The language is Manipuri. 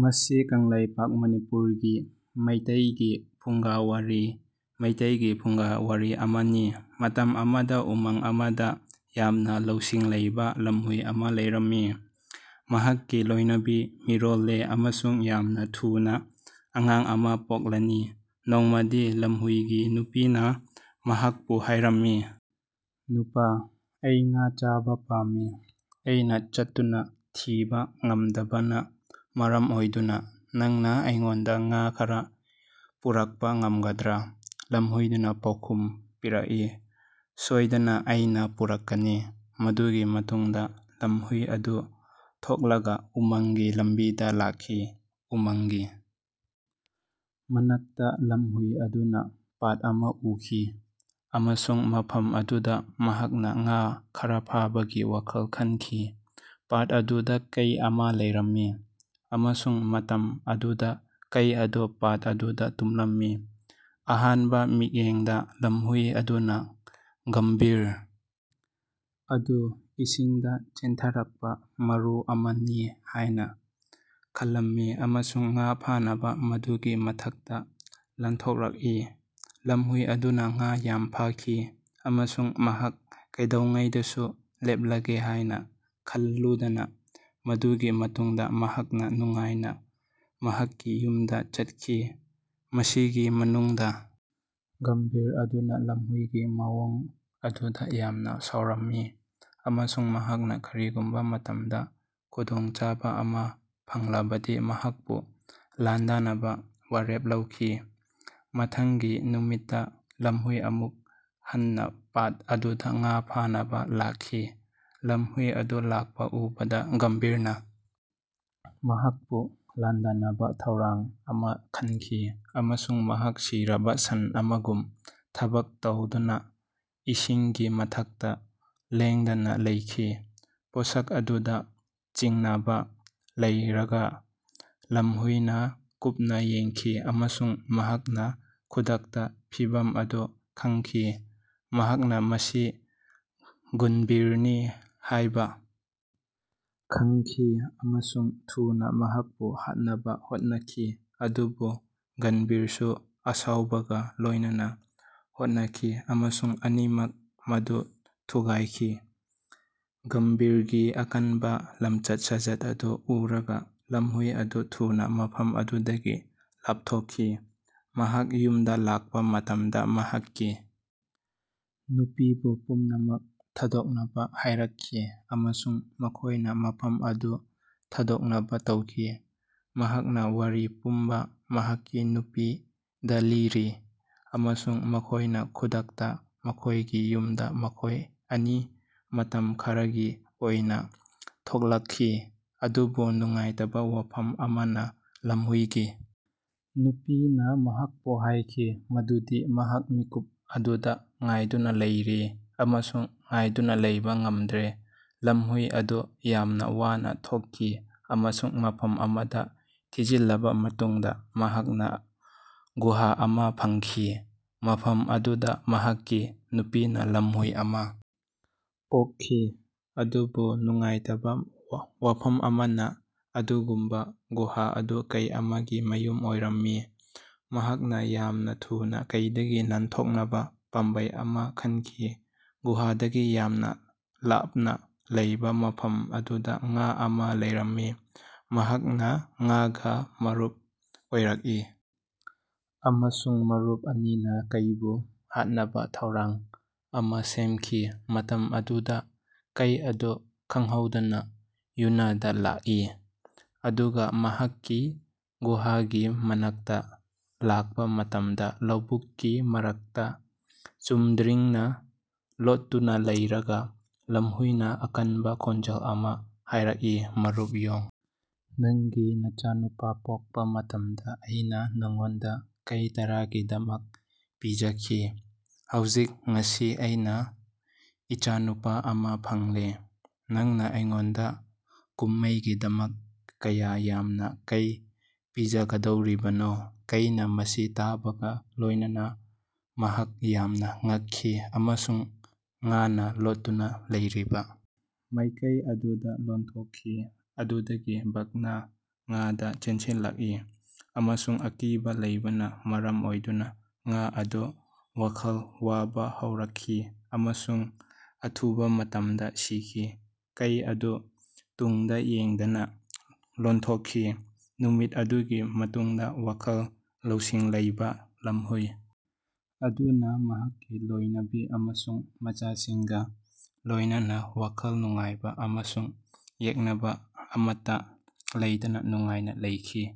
ꯃꯁꯤ ꯀꯪꯂꯩꯄꯥꯛ (ꯃꯅꯤꯄꯨꯔ) ꯒꯤ ꯃꯤꯇꯩꯒꯤ ꯐꯨꯡꯒꯥꯋꯥꯔꯤ (ꯃꯩꯇꯩꯒꯤ ꯐꯨꯡꯒꯥꯋꯥꯔꯤ) ꯑꯃꯅꯤ ꯫ꯃꯇꯝ ꯑꯃꯗ ꯎꯃꯪ ꯑꯃꯗ ꯌꯥꯝꯅ ꯂꯧꯁꯤꯡ ꯂꯩꯕ ꯂꯝꯍꯨꯏ ꯑꯃ ꯂꯩꯔꯝꯃꯤ꯫ ꯃꯍꯥꯛꯀꯤ ꯂꯣꯏꯅꯕꯤ ꯃꯤꯔꯣꯜꯂꯦ ꯑꯃꯁꯨꯡ ꯌꯥꯝꯅ ꯊꯨꯅ ꯑꯉꯥꯡ ꯑꯃ ꯄꯣꯛꯂꯅꯤ꯫ ꯅꯣꯡꯃꯗꯤ ꯂꯝꯍꯨꯏꯒꯤ ꯅꯨꯄꯤꯅ ꯃꯍꯥꯛꯄꯨ ꯍꯥꯏꯔꯝꯃꯤ, "ꯅꯨꯄꯥ, ꯑꯩ ꯉꯥ ꯆꯥꯕ ꯄꯥꯝꯃꯤ꯫ ꯑꯩꯅꯥ ꯆꯠꯇꯨꯅꯥ ꯊꯤꯕ ꯉꯝꯗꯕꯅ ꯃꯔꯝ ꯑꯣꯏꯗꯨꯅ ꯅꯪꯅ ꯑꯩꯉꯣꯟꯗꯥ ꯉꯥ ꯈꯔꯥ ꯄꯨꯔꯛꯄꯥ ꯉꯃꯒꯗ꯭ꯔꯥ꯫" ꯂꯝꯍꯨꯏ ꯑꯗꯨꯅ ꯄꯥꯎꯈꯨꯝ ꯄꯤꯔꯛꯏ, "ꯁꯣꯏꯗꯅ ꯑꯩꯅꯥ ꯄꯨꯔꯛꯀꯅꯤ"꯫ ꯃꯗꯨꯒꯤ ꯃꯇꯨꯡꯗ ꯂꯝꯍꯨꯏ ꯑꯗꯨ ꯊꯣꯛꯂꯒ ꯎꯃꯪꯒꯤ ꯂꯝꯕꯤꯗꯥ ꯂꯥꯛꯈꯤ꯫ ꯎꯃꯪꯒꯤ ꯃꯅꯥꯛꯇ ꯂꯝꯍꯨꯏ ꯑꯗꯨꯅ ꯄꯥꯠ ꯑꯃ ꯎꯈꯤ ꯑꯃꯁꯨꯡ ꯃꯐꯝ ꯑꯗꯨꯗ ꯃꯍꯥꯛꯅ ꯉꯥ ꯈꯔ ꯐꯥꯕꯒꯤ ꯋꯥꯈꯜ ꯈꯟꯈꯤ꯫ ꯄꯥꯠ ꯑꯗꯨꯗ ꯀꯩ ꯑꯃ ꯂꯩꯔꯝꯃꯤ ꯑꯃꯁꯨꯡ ꯃꯇꯝ ꯑꯗꯨꯗ ꯀꯩ ꯑꯗꯨ ꯄꯥꯠ ꯑꯗꯨꯗ ꯇꯨꯝꯂꯝꯃꯤ꯫ ꯑꯍꯥꯟꯕ ꯃꯤꯠꯌꯦꯡꯗ ꯂꯝꯍꯨꯏ ꯑꯗꯨꯅ ꯒꯨꯝꯚꯤꯔ ꯑꯗꯨ ꯏꯁꯤꯡꯗ ꯆꯦꯟꯊꯔꯛꯄ ꯃꯔꯨ ꯑꯃꯅꯤ ꯍꯥꯏꯅ ꯈꯜꯂꯝꯃꯤ ꯑꯃꯁꯨꯡ ꯉꯥ ꯐꯥꯅꯕ ꯃꯗꯨꯒꯤ ꯃꯊꯛꯇꯥ ꯂꯥꯟꯊꯣꯔꯛꯏ꯫ ꯂꯝꯍꯨꯏ ꯑꯗꯨꯅ ꯉꯥ ꯌꯥꯝꯅ ꯐꯥꯈꯤ ꯑꯃꯁꯨꯡ ꯃꯍꯥꯛ ꯀꯩꯗꯧꯉꯩꯗꯁꯨ ꯂꯦꯞꯂꯒꯦ ꯍꯥꯏꯅ ꯈꯜꯂꯨꯗꯅꯥ ꯃꯗꯨꯒꯤ ꯃꯇꯨꯡꯗ ꯃꯍꯥꯛꯅ ꯅꯨꯡꯉꯥꯏꯅ ꯃꯍꯥꯛꯀꯤ ꯌꯨꯝꯗ ꯆꯠꯈꯤ꯫ ꯃꯁꯤꯒꯤ ꯃꯅꯨꯡꯗ ꯒꯨꯝꯚꯤꯔ ꯑꯗꯨꯅ ꯂꯝꯍꯨꯏꯒꯤ ꯃꯑꯣꯡ ꯑꯗꯨꯗ ꯌꯥꯝꯅ ꯁꯥꯎꯔꯝꯃꯤ ꯑꯃꯁꯨꯡ ꯃꯍꯥꯛꯅ ꯀꯔꯤꯒꯨꯝꯕ ꯃꯇꯝꯗ ꯈꯨꯗꯣꯡꯆꯥꯕ ꯑꯃ ꯐꯪꯂꯕꯗꯤ ꯃꯍꯥꯛꯄꯨ ꯂꯥꯟꯗꯥꯅꯕ ꯋꯥꯔꯦꯞ ꯂꯧꯈꯤ꯫ ꯃꯊꯪꯒꯤ ꯅꯨꯃꯤꯠꯇ ꯂꯝꯍꯨꯏ ꯑꯃꯨꯛ ꯍꯟꯅ ꯄꯥꯠ ꯑꯗꯨꯗ ꯉꯥ ꯐꯥꯅꯕ ꯂꯥꯛꯈꯤ꯫ ꯂꯝꯍꯨꯏ ꯑꯗꯨ ꯂꯥꯛꯄ ꯎꯕꯗ ꯒꯨꯝꯚꯤꯔꯅ ꯃꯍꯥꯛꯄꯨ ꯂꯥꯟꯗꯥꯅꯕ ꯊꯧꯔꯥꯡ ꯑꯃ ꯈꯟꯈꯤ ꯑꯃꯁꯨꯡ ꯃꯍꯥꯛ ꯁꯤꯔꯕ ꯁꯟ ꯑꯃꯒꯨꯝ ꯊꯕꯛ ꯇꯧꯗꯅ ꯏꯁꯤꯡꯒꯤ ꯃꯊꯛꯇ ꯂꯦꯡꯗꯅ ꯂꯩꯈꯤ꯫ ꯄꯣꯠꯁꯛ ꯑꯗꯨꯗ ꯆꯤꯡꯅꯕ ꯂꯩꯔꯒ ꯂꯝꯍꯨꯏꯅ ꯀꯨꯞꯅ ꯌꯦꯡꯈꯤ ꯑꯃꯁꯨꯡ ꯃꯍꯥꯛꯅ ꯈꯨꯗꯛꯇꯥ ꯐꯤꯚꯝ ꯃꯗꯨ ꯈꯪꯈꯤ꯫ ꯃꯍꯥꯛꯅꯥ ꯃꯁꯤ ꯒꯨꯅꯚꯤꯔꯅꯤ ꯍꯥꯏꯕ ꯈꯪꯈꯤ ꯑꯃꯁꯨꯡ ꯊꯨꯅ ꯃꯍꯥꯛꯄꯨ ꯍꯥꯠꯅꯕ ꯍꯣꯠꯅꯈꯤ, ꯑꯗꯨꯕꯨ ꯒꯨꯅꯚꯤꯔ ꯁꯨ ꯑꯁꯥꯎꯕꯒ ꯂꯣꯏꯅꯅ ꯂꯥꯟꯗꯥꯅꯕ ꯍꯣꯠꯅꯈꯤ ꯑꯃꯁꯨꯡ ꯑꯅꯤꯃꯛꯅ ꯃꯗꯨ ꯊꯨꯒꯥꯏꯈꯤ꯫ ꯒꯨꯝꯉꯤꯔꯒꯤ ꯑꯀꯟꯕ ꯂꯝꯆꯠ-ꯁꯥꯖꯠ ꯑꯗꯨ ꯎꯔꯒ ꯂꯝꯍꯨꯢ ꯑꯗꯨ ꯊꯨꯅ ꯃꯐꯝ ꯑꯗꯨꯗꯒꯤ ꯂꯥꯞꯊꯣꯛꯈꯤ꯫ ꯃꯍꯥꯛ ꯌꯨꯝꯗ ꯂꯥꯛꯄ ꯃꯇꯝꯗ ꯃꯍꯥꯛꯀꯤ ꯅꯨꯄꯤꯕꯨ ꯄꯨꯝꯅꯃꯛ ꯊꯥꯗꯣꯛꯅꯕ ꯍꯥꯏꯔꯛꯈꯤ ꯑꯃꯁꯨꯡ ꯃꯈꯣꯏꯅ ꯃꯐꯝ ꯑꯗꯨ ꯊꯥꯗꯣꯛꯅꯕ ꯇꯧꯈꯤ꯫ ꯃꯍꯥꯛꯅ ꯋꯥꯔꯤ ꯄꯨꯝꯕ ꯃꯍꯥꯛꯀꯤ ꯅꯨꯄꯤꯗ ꯂꯤꯔꯤ ꯑꯃꯁꯨꯡ ꯃꯈꯣꯏꯅ ꯈꯨꯗꯛꯇꯥ ꯃꯈꯣꯏꯒꯤ ꯌꯨꯝꯗ ꯃꯈꯣꯏ ꯑꯅꯤ ꯃꯇꯝ ꯈꯔꯒꯤ ꯑꯣꯏꯅ ꯊꯣꯛꯂꯛꯈꯤ ꯑꯗꯨꯕꯨ ꯅꯨꯡꯉꯥꯏꯇꯕ ꯋꯥꯐꯝ ꯑꯃꯅ ꯂꯝꯍꯨꯢ ꯒꯤ ꯅꯨꯄꯤꯅ ꯃꯍꯥꯛꯄꯨ ꯍꯥꯏꯈꯤ ꯃꯗꯨꯗꯤ ꯃꯍꯥꯛ ꯃꯤꯀꯨꯞ ꯑꯗꯨꯗ ꯉꯥꯏꯗꯨꯅ ꯂꯩꯔꯤ ꯑꯃꯁꯨꯡ ꯉꯥꯏꯗꯨꯅ ꯂꯩꯕꯥ ꯉꯝꯗꯦ꯫ ꯂꯝꯍꯨꯢ ꯑꯗꯨ ꯌꯥꯝꯅꯥ ꯋꯥꯅ ꯊꯣꯛꯈꯤ ꯑꯃꯁꯨꯡ ꯃꯐꯝ ꯑꯃꯗ ꯊꯤꯖꯤꯜꯂꯕ ꯃꯇꯨꯡꯗ ꯃꯍꯥꯛꯅ ꯒꯨꯍꯥ ꯑꯃ ꯐꯪꯈꯤ꯫ ꯃꯐꯝ ꯑꯗꯨꯗ ꯃꯍꯥꯛꯀꯤ ꯅꯨꯄꯤꯅꯥ ꯂꯝꯍꯨꯢ ꯑꯃꯥ ꯄꯣꯛꯈꯤ꯫ ꯑꯗꯨꯕꯨ ꯅꯨꯡꯉꯥꯏꯇꯕ ꯋꯥꯐꯝ ꯑꯃꯅ ꯑꯗꯨꯒꯨꯝꯕ ꯒꯨꯍꯥ ꯑꯗꯨ ꯀꯩ ꯑꯃꯒꯤ ꯃꯌꯨꯝ ꯑꯣꯏꯔꯝꯃꯤ꯫ ꯃꯍꯥꯛꯅ ꯌꯥꯝꯅ ꯊꯨꯅ ꯀꯩꯗꯒꯤ ꯅꯥꯟꯊꯣꯛꯅꯕ ꯄꯥꯝꯕꯩ ꯑꯃ ꯈꯟꯈꯤ꯫ ꯒꯨꯍꯥꯗꯒꯤ ꯌꯥꯝꯅ ꯂꯥꯞꯅꯥ ꯂꯩꯕ ꯃꯐꯝ ꯑꯗꯨꯗ ꯉꯥ ꯑꯃ ꯂꯩꯔꯝꯃꯤ꯫ ꯃꯍꯥꯛꯅ ꯉꯥꯒꯥ ꯃꯔꯨꯞ ꯑꯣꯏꯔꯛꯏ ꯑꯃꯁꯨꯡ ꯃꯔꯨꯞ ꯑꯅꯤꯅ ꯀꯩꯕꯨ ꯍꯥꯠꯅꯕ ꯊꯧꯔꯥꯡ ꯑꯃ ꯁꯦꯝꯈꯤ꯫ ꯃꯇꯝ ꯑꯗꯨꯗ ꯀꯩ ꯑꯗꯨ ꯈꯪꯍꯧꯗꯅ ꯌꯨꯅꯗ ꯂꯥꯛꯏ ꯑꯗꯨꯒ ꯃꯍꯥꯛꯀꯤ ꯒꯨꯍꯥꯒꯤ ꯃꯅꯥꯛꯇ ꯂꯥꯛꯄ ꯃꯇꯝꯗ ꯂꯧꯕꯨꯛꯀꯤ ꯃꯔꯛꯇꯥ ꯆꯨꯝꯗ꯭ꯔꯤꯡꯅ ꯂꯣꯠꯇꯨꯅ ꯂꯩꯔꯒ ꯂꯝꯍꯨꯢꯅ ꯑꯀꯟꯕ ꯈꯣꯟꯖꯦꯜ ꯑꯃꯗ ꯍꯥꯏꯔꯛꯏ, "ꯃꯔꯨꯞ ꯌꯣꯡ, ꯅꯪꯒꯤ ꯅꯆꯥꯅꯨꯄꯥ ꯄꯣꯛꯄ ꯃꯇꯝꯗ ꯑꯩꯅ ꯅꯉꯣꯟꯗ ꯀꯩ ꯇꯔꯥꯒꯤꯗꯃꯛ ꯄꯤꯖꯈꯤ꯫ ꯍꯧꯖꯤꯛ ꯉꯁꯤ, ꯑꯩꯅꯥ ꯏꯆꯥꯅꯨꯄꯥ ꯑꯃ ꯐꯪꯂꯦ, ꯅꯪꯅ ꯑꯩꯉꯣꯟꯗ ꯀꯨꯝꯃꯩꯒꯤꯗꯃꯛ ꯀꯌꯥ ꯌꯥꯝꯅ ꯀꯩ ꯄꯤꯒꯗꯧꯔꯤꯕꯅꯣ"꯫ ꯀꯩꯅ ꯃꯁꯤ ꯇꯥꯕꯒ ꯂꯣꯏꯅꯅ ꯃꯍꯥꯛ ꯌꯥꯝꯅꯥ ꯉꯛꯈꯤ ꯑꯃꯁꯨꯡ ꯉꯥꯅ ꯂꯣꯠꯇꯨꯅ ꯂꯩꯔꯤꯕꯥ ꯃꯥꯏꯀꯩ ꯑꯗꯨꯗꯥ ꯂꯥꯟꯊꯣꯛꯈꯤ꯫ ꯑꯗꯨꯗꯒꯤ ꯕꯥꯘꯅꯥ ꯉꯥꯗꯥ ꯆꯦꯟꯁꯤꯜꯂꯛꯏ ꯑꯃꯁꯨꯡ ꯑꯀꯤꯕ ꯂꯩꯕꯅ ꯃꯔꯝ ꯑꯣꯏꯗꯨꯅ ꯉꯥ ꯑꯗꯨ ꯋꯥꯈꯜ ꯋꯥꯕ ꯍꯧꯔꯛꯈꯤ ꯑꯃꯁꯨꯡ ꯑꯊꯨꯕ ꯃꯇꯝꯗ ꯁꯤꯈꯤ꯫ ꯀꯩ ꯑꯗꯨ ꯇꯨꯡꯗ ꯌꯦꯡꯗꯅ ꯂꯣꯟꯊꯣꯛꯈꯤ꯫ ꯅꯨꯃꯤꯠ ꯑꯗꯨꯒꯤ ꯃꯇꯨꯡꯗ ꯋꯥꯈꯜ ꯂꯧꯁꯤꯡ ꯂꯩꯕ ꯂꯝꯍꯨꯢ ꯑꯗꯨꯅ ꯃꯍꯥꯛꯀꯤ ꯂꯣꯏꯅꯕꯤ ꯑꯃꯁꯨꯡ ꯃꯆꯥꯁꯤꯡꯒ ꯂꯣꯏꯅꯅ ꯋꯥꯈꯜ ꯅꯨꯡꯉꯥꯏꯇꯕ ꯑꯃꯁꯨꯡ ꯌꯦꯛꯅꯕ ꯑꯃꯠꯇꯥ ꯂꯩꯇꯅꯥ ꯅꯨꯡꯉꯥꯏꯅ ꯂꯩꯈꯤ꯫